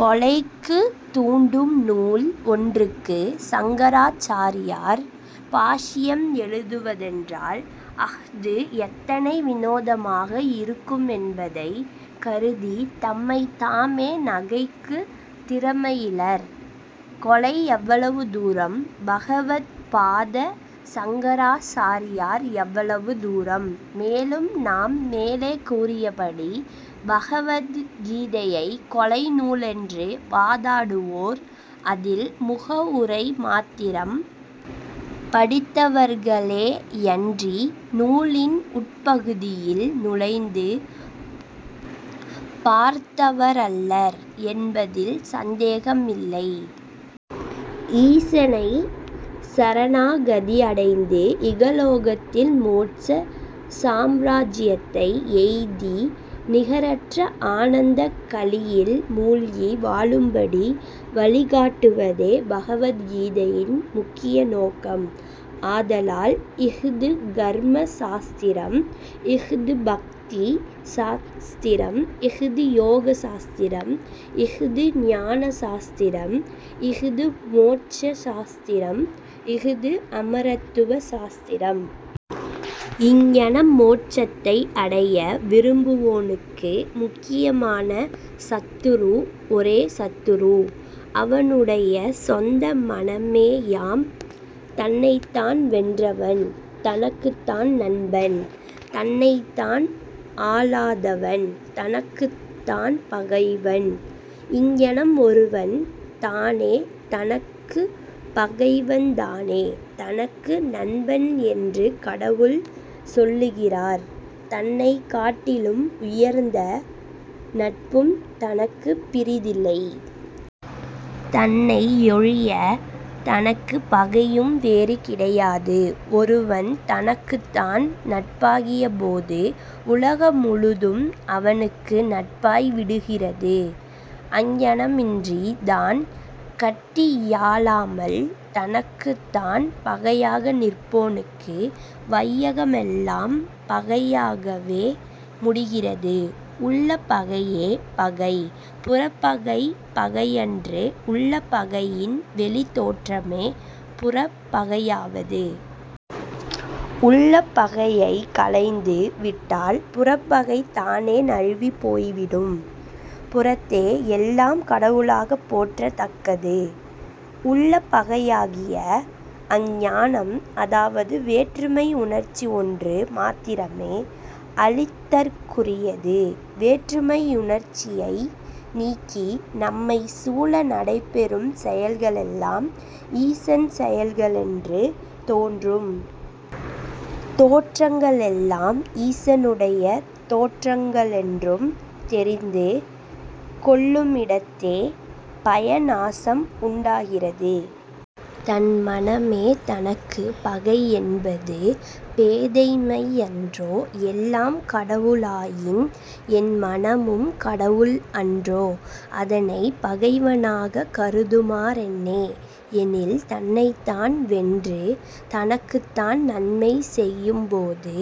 கொலைக்குத் தூண்டும் நூல் ஒன்றுக்கு சங்கராச்சாரியார் பாஷ்யம் எழுதுவதென்றால், அஃது எத்தனை வினோதமாக இருக்குமென்பதைக் கருதித் தம்மைத் தாமே நகைக்குந் திறமையிலர். கொலை எவ்வளவு தூரம்! பகவத்பாத சங்கராசாரியார் எவ்வளவு தூரம்! மேலும், நாம் மேலே கூறியபடி, பகவத் கீதையைக் கொலை நூலென்று வாதாடுவோர், அதில் முகவுரை மாத்திரம் படித்தவர்களேயன்றி, நூலின் உட்பகுதியில் நுழைந்து பார்த்தவரல்லர் என்பதில் சந்தேகமில்லை. ஈசனைச் சரணாகதி அடைந்து இகலோகத்தில் மோட்ச சாம்ராஜ்யத்தை எய்தி நிகரற்ற ஆனந்தக் களியில் மூழ்கி வாழும்படி வழிகாட்டுவதே, பகவத் கீதையின் முக்கிய நோக்கம். ஆதலால் இஃது கர்ம சாஸ்திரம், இஃது பக்தி சாஸ்திரம், இஃது யோக சாஸ்திரம், இஃது ஞான சாஸ்திரம், இஃது மோட்ச சாஸ்திரம், இஃது அமரத்துவ சாஸ்திரம். இங்ஙனம் மோட்சத்தை அடைய விரும்புவோனுக்கு முக்கியமான சத்துரு ஒரே சத்துரு அவனுடைய சொந்த மனமேயாம். தன்னைத்தான் வென்றவன் தனக்குத் தான் நண்பன், தன்னைத்தான் ஆளாதவன் தனக்குத் தான் பகைவன். இங்ஙனம் ஒருவன் தானே தனக்குப் பகைவன், தானே தனக்கு நண்பன் என்று கடவுள் சொல்லுகிறார். தன்னைக் காட்டிலும் உயர்ந்த நட்பும் தனக்குப் பிறிதில்லை. தன்னையொழியத் தனக்குப் பகையும் வேறு கிடையாது. ஒருவன் தனக்குத்தான் நட்பாகியபோது, உலக முழுதும் அவனுக்கு நட்பாய் விடுகிறது. அங்ஙனமின்றித் தான் கட்டியாளாமல் தனக்குத் தான் பகையாக நிற்போனுக்கு வையகமெல்லாம் பகையாகவே முடிகிறது. உள்ளப் பகையே பகை, புறப் பகை பகையன்று. உள்ளப் பகையின் வெளித் தோற்றமே புறப் பகையாவது. உள்ளப் பகையைக் களைந்து விட்டால், புறப்பகை தானே நழுவிப் போய்விடும். புறத்தே எல்லாம் கடவுளாகப் போற்றத் தக்கது. உள்ளப் பகையாகிய அஞ்ஞானம் அதாவது வேற்றுமை உணர்ச்சி ஒன்று மாத்திரமே அழித்தற்குரியது. வேற்றுமையுணர்ச்சியை நீக்கி, நம்மைச் சூழ நடைபெறும் செயல்களெல்லாம் ஈசன் செயல்களென்றும், தோன்றும் தோற்றங்களெல்லாம் ஈசனுடைய தோற்றங்களென்றும் தெரிந்து கொள்ளுமிடத்தே பய நாசம் உண்டாகிறது. தன் மனமே தனக்குப் பகையென்பது பேதைமையன்றோ? எல்லாம் கடவுளாயின், என் மனமும் கடவுள் அன்றோ? அதனைப் பகைவனாகக் கருதுமாறென்னே? எனில் தன்னைத்தான் வென்று தனக்குத்தான் நன்மை செய்யும்போது,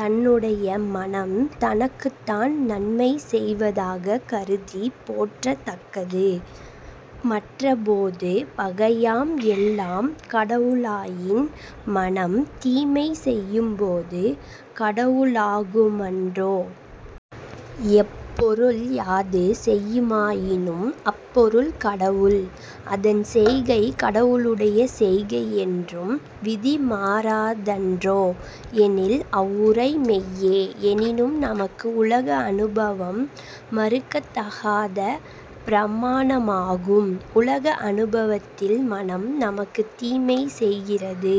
தன்னுடைய மனம் தனக்குத்தான் நன்மை செய்வதாகக் கருதிப் போற்றத் தக்கது. மற்றப் போது பகையாம். எல்லாம் கடவுளாயின், மனம் தீமை செய்யும்போது கடவுளாகுமன்றோ? எப்பொருள் யாது செய்யுமாயினும் அப்பொருள் கடவுள், அதன் செய்கை கடவுளுடைய செய்கை என்றும், விதி மாறாதன்றோ? எனில் அவ்வுரை மெய்யே. எனினும், நமக்கு உலக அனுபவம் மறுக்கத்தகாத பிரமாணமாகும். உலக அனுபவத்தில் மனம் நமக்குத் தீமை செய்கிறது.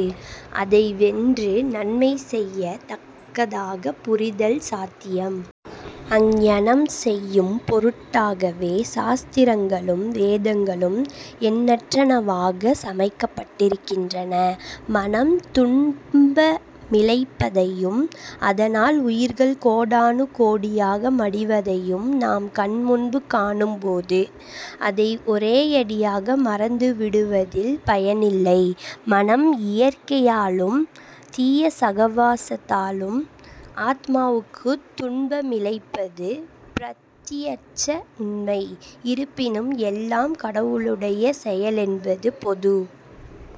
அதை வென்று நன்மை செய்யத் தக்கதாகப் புரிதல் சாத்தியம். அங்ஙனம் செய்யும் பொருட்டாகவே, சாஸ்திரங்களும், வேதங்களும் எண்ணற்றனவாகச் சமைக்கப் பட்டிருக்கின்றன. மனம் துன்பமிழைப்பதையும், அதனால் உயிர்கள் கோடானு கோடியாக மடிவதையும் நாம் கண் முன்பு காணும்போது, அதை ஒரேயடியாக மறந்து விடுவதில் பயனில்லை. மனம் இயற்கையாலும், தீய சகவாசத்தாலும் ஆத்மாவுக்குத் துன்பமிழைப்பது பிரத்தியட்ச உண்மை. இருப்பினும் எல்லாம் கடவுளுடைய செயலென்பது பொது